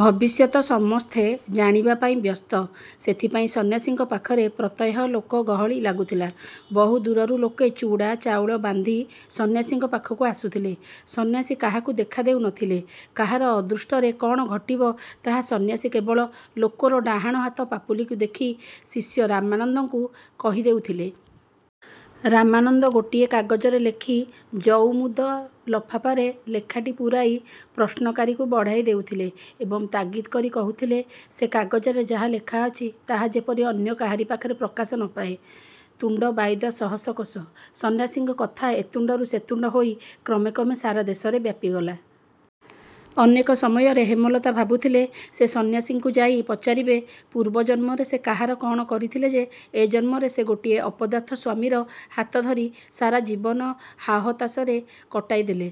ଭବିଷ୍ୟତ ସମସ୍ତେ ଜାଣିବା ପାଇଁ ବ୍ୟସ୍ତ। ସେଥିପାଇଁ ସନ୍ୟାସୀଙ୍କ ପାଖରେ ପ୍ରତ୍ୟହ ଲୋକ ଗହଳି ଲାଗୁଥିଲା। ବହୁ ଦୂରରୁ ଲୋକେ ଚୁଡ଼ା, ଚାଉଳ ବାନ୍ଧି ସନ୍ୟାସୀଙ୍କ ପାଖକୁ ଆସୁଥିଲେ। ସନ୍ୟାସୀ କାହାକୁ ଦେଖାଦେଉନଥିଲେ। କାହାର ଅଦୃଷ୍ଟରେ କ'ଣ ଘଟିବ ତାହା ସନ୍ୟାସୀ କେବଳ ଲୋକର ଡାହାଣ ହାତ ପାପୁଲିକୁ ଦେଖି ଶିଷ୍ୟ ରାମାନନ୍ଦଙ୍କୁ କହିଦେଉଥିଲେ। ରାମାନନ୍ଦ ଗୋଟିଏ କାଗଜରେ ଲେଖି ଜଉମୁଦ ଲଫାପାରେ ଲେଖାଟି ପୂରାଇ ପ୍ରଶ୍ନକାରୀକୁ ବଢ଼ାଇ ଦେଉଥିଲେ ଏବଂ ତାଗିଦ୍ କରି କହୁଥିଲେ ସେ କାଗଜରେ ଯାହା ଲେଖାଅଛି ତାହା ଯେପରି ଅନ୍ୟ କାହାରି ପାଖରେ ପ୍ରକାଶ ନ ପାଏ। ତୁଣ୍ଡ ବାଇଦ ସହସ୍ର କୋଶ। ସନ୍ୟାସୀଙ୍କ କଥା ଏ ତୁଣ୍ଡରୁ ସେ ତୁଣ୍ଡ ହୋଇ କ୍ରମେ କ୍ରମେ ସାରା ଦେଶରେ ବ୍ଯାପିଗଲା। ଅନେକ ସମୟରେ ହେମଲତା ଭାବୁଥିଲେ ସେ ସନ୍ୟାସୀଙ୍କୁ ଯାଇ ପଚାରିବେ ପୂର୍ବ ଜନ୍ମରେ ସେ କାହାର କ'ଣ କରିଥିଲେ ଯେ ଏ ଜନ୍ମରେ ସେ ଗୋଟିଏ ଅପଦାର୍ଥ ସ୍ୱାମୀର ହାତଧରି ସାରା ଜୀବନ ହାହତାଶରେ କଟାଇଦେଲେ।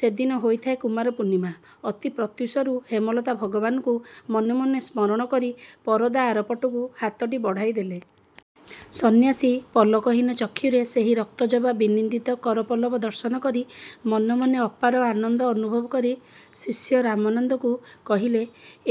ସେଦିନ ହୋଇଥାଏ କୁମାରପୂର୍ଣ୍ଣିମା। ଅତି ପ୍ରତ୍ୟୁଷରୁ ହେମଲତା ଭଗବାନଙ୍କୁ ମନେମନେ ସ୍ମରଣ କରି ପରଦା ଆରପଟକୁ ହାତଟି ବଢ଼ାଇଦେଲେ। ସନ୍ୟାସୀ ପଲକହୀନ ଚକ୍ଷୁରେ ସେହି ରକ୍ତଜବା ବିନିନ୍ଦିତ କରପଲ୍ଲବ ଦର୍ଶନ କରି ମନେମନେ ଅପାର ଆନନ୍ଦ ଅନୁଭବ କରି ଶିଷ୍ୟ ରାମାନନ୍ଦଙ୍କୁ କହିଲେ,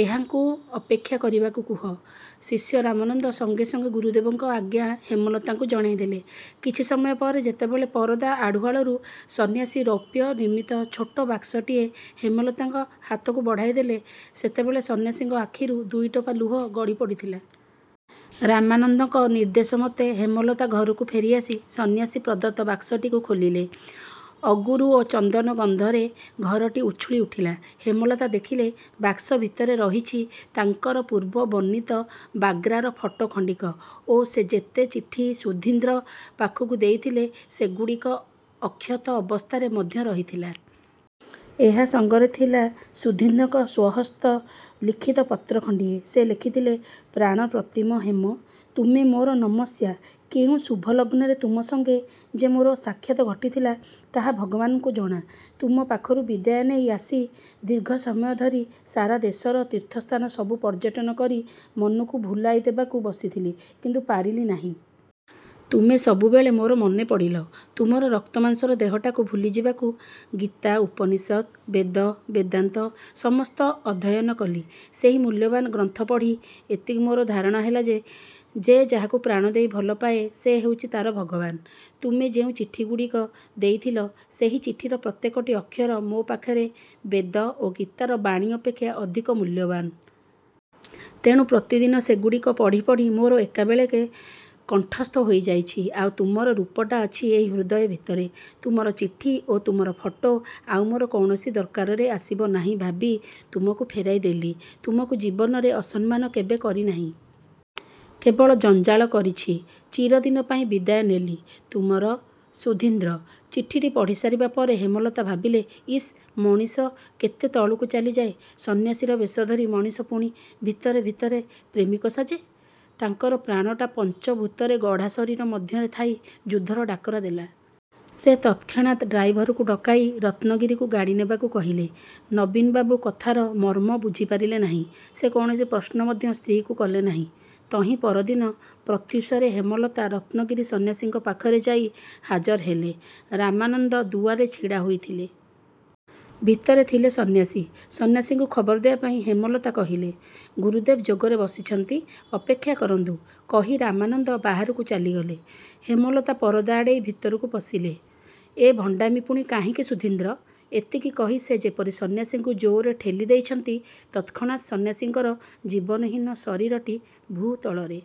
''ଏହାଙ୍କୁ ଅପେକ୍ଷା କରିବାକୁ କୁହ। '' ଶିଷ୍ୟ ରାମାନନ୍ଦ ସଙ୍ଗେ ସଙ୍ଗେ ଗୁରୁଦେବଙ୍କ ଆଜ୍ଞା ହେମଲତାଙ୍କୁ ଜଣାଇଦେଲେ। କିଛି ସମୟ ପରେ ଯେତେବେଳେ ପରଦା ଆଢ଼ୁଆଳରୁ ସନ୍ୟାସୀ ରୌପ୍ୟ ନିର୍ମିତ ଛୋଟ ବାକ୍ସଟିଏ ହେମଲତାଙ୍କ ହାତକୁ ବଢ଼ାଇଦେଲେ, ସେତେବେଳେ ସନ୍ୟାସୀଙ୍କ ଆଖିରୁ ଦୁଇଟୋପା ଲୁହ ଗଡ଼ି ପଡ଼ିଥିଲା। ରାମାନନ୍ଦଙ୍କ ନିର୍ଦ୍ଦେଶମତେ ହେମଲତା ଘରକୁ ଫେରିଆସି ସନ୍ୟାସୀ ପ୍ରଦତ୍ତ ବାକ୍ସଟିକୁ ଖୋଲିଲେ। ଅଗୁରୁ ଓ ଚନ୍ଦନ ଗନ୍ଧରେ ଘରଟି ଉଛୁଳିଉଠିଲା। ହେମଲତା ଦେଖିଲେ ବାକ୍ସ ଭିତରେ ରହିଛି ତାଙ୍କର ପୂର୍ବ ବର୍ଣ୍ଣିତ ବାଗ୍ରାର ଫଟୋ ଖଣ୍ଡିକ ଓ ସେ ଯେତେ ଚିଠି ସୁଧୀନ୍ଦ୍ର ପାଖକୁ ଦେଇଥିଲେ, ସେଗୁଡ଼ିକ ଅକ୍ଷତ ଅବସ୍ଥାରେ ମଧ୍ୟ ରହିଥିଲା। ଏହା ସଙ୍ଗରେ ଥିଲା ସୁଧୀନ୍ଦ୍ରଙ୍କ ସ୍ୱହସ୍ତ ଲିଖିତ ପତ୍ର ଖଣ୍ଡିଏ। ସେ ଲେଖିଥିଲେ ''ପ୍ରାଣପ୍ରତିମ ହେମ! '' ତୁମେ ମୋର ନମସ୍ୟା। କେଉଁ ଶୁଭଲଗ୍ନରେ ତୁମ ସଙ୍ଗେ ଯେ ମୋର ସାକ୍ଷାତ ଘଟିଥିଲା, ତାହା ଭଗବାନଙ୍କୁ ଜଣା। ତୁମ ପାଖରୁ ବିଦାୟ ନେଇ ଆସି ଦୀର୍ଘସମୟ ଧରି ସାରାଦେଶର ତୀର୍ଥସ୍ଥାନ ସବୁ ପର୍ଯ୍ୟଟନ କରି ମନକୁ ଭୁଲାଇ ଦେବାକୁ ବସିଥିଲି କିନ୍ତୁ ପାରିଲି ନାହିଁ-। ତୁମେ ସବୁବେଳେ ମୋର ମନେପଡ଼ିଲ। ତୁମର ରକ୍ତମାଂସର ଦେହଟାକୁ ଭୁଲିଯିବାକୁ ଗୀତା, ଉପନିଷଦ, ବେଦ, ବେଦାନ୍ତ ସମସ୍ତ ଅଧ୍ୟୟନ କଲି। ସେହି ମୂଲ୍ୟବାନ୍ ଗ୍ରନ୍ଥ ପଢ଼ି ଏତିକି ମୋର ଧାରଣା ହେଲା ଯେ, ଯେ ଯାହାକୁ ପ୍ରାଣଦେଇ ଭଲପାଏ ସେ ହେଉଛି ତା'ର ଭଗବାନ। ତୁମେ ଯେଉଁ ଚିଠିଗୁଡ଼ିକ ଦେଇଥିଲ, ସେହି ଚିଠିର ପ୍ରତ୍ୟେକଟି ଅକ୍ଷର ମୋ ପାଖରେ ବେଦ ଓ ଗୀତାର ବାଣୀ ଅପେକ୍ଷା ଅଧିକ ମୂଲ୍ୟବାନ। ତେଣୁ ପ୍ରତିଦିନ ସେଗୁଡ଼ିକ ପଢ଼ିପଢ଼ି ମୋର ଏକାବେଳକେ କଣ୍ଠସ୍ଥ ହୋଇଯାଇଛି। ଆଉ ତୁମର ରୂପଟା ଅଛି ଏହି ହୃଦୟ ଭିତରେ। ତୁମର ଚିଠି ଓ ତୁମର ଫଟୋ ଆଉ ମୋର କୌଣସି ଦରକାରରେ ଆସିବ ନାହିଁ ଭାବି ତୁମକୁ ଫେରାଇଦେଲି। ତୁମକୁ ଜୀବନରେ ଅସମ୍ମାନ କେବେ କରିନାହିଁ। କେବଳ ଜଞ୍ଜାଳ କରିଛି-। ଚିରଦିନ ପାଇଁ ବିଦାୟ ନେଲି। ତୁମର ସୁଧୀନ୍ଦ୍ର। '' ଚିଠିଟି ପଢ଼ିସାରିବା ପରେ ହେମଲତା ଭାବିଲେ, ''ଇସ୍ ମଣିଷ କେତେ ତଳକୁ ଚାଲିଯାଏ। ସନ୍ୟାସୀର ବେଶଧରି ମଣିଷ ପୁଣି ଭିତରେ ଭିତରେ ପ୍ରେମିକ ସାଜେ? '' ତାଙ୍କର ପ୍ରାଣଟା ପଞ୍ଚଭୂତରେ ଗଢ଼ା ଶରୀର ମଧ୍ୟରେ ଥାଇ ଯୁଦ୍ଧର ଡାକରା ଦେଲା। ସେ ତତ୍କ୍ଷଣାତ ଡ୍ରାଇଭରକୁ ଡକାଇ ରତ୍ନଗିରିକୁ ଗାଡ଼ି ନେବାକୁ କହିଲେ। ନବୀନବାବୁ କଥାର ମର୍ମ ବୁଝିପାରିଲେ ନାହିଁ। ସେ କୌଣସି ପ୍ରଶ୍ନ ମଧ୍ୟ ସ୍ତ୍ରୀକୁ କଲେ ନାହିଁ। ତହିଁ ପରଦିନ ପ୍ରତ୍ୟୁଷରେ ହେମଲତା ରତ୍ନଗିରି ସନ୍ୟାସୀଙ୍କ ପାଖରେ ଯାଇ ହାଜର ହେଲେ। ରାମାନନ୍ଦ ଦୁଆରେ ଛିଡ଼ା ହୋଇଥିଲେ। ଭିତରେ ଥିଲେ ସନ୍ୟାସୀ। ସନ୍ୟାସୀଙ୍କୁ ଖବର ଦେବାପାଇଁ ହେମଲତା କହିଲେ। ''ଗୁରୁଦେବ ଯୋଗରେ ବସିଛନ୍ତି। ଅପେକ୍ଷା କରନ୍ତୁ। '' କହି ରାମାନନ୍ଦ ବାହାରକୁ ଚାଲିଗଲେ। ହେମଲତା ପରଦା ଆଡ଼େଇ ଭିତରକୁ ପଶିଲେ। ''ଏ ଭଣ୍ଡାମି ପୁଣି କାହିଁକି ସୁଧୀନ୍ଦ୍ର? '' ଏତିକି କହି ସେ ଯେପରି ସନ୍ୟାସୀଙ୍କୁ ଜୋରରେ ଠେଲି ଦେଇଛନ୍ତି ତତ୍କ୍ଷଣାତ୍ ସନ୍ୟାସୀଙ୍କର ଜୀବନହୀନ ଶରୀରଟି ଭୂତଳରେ।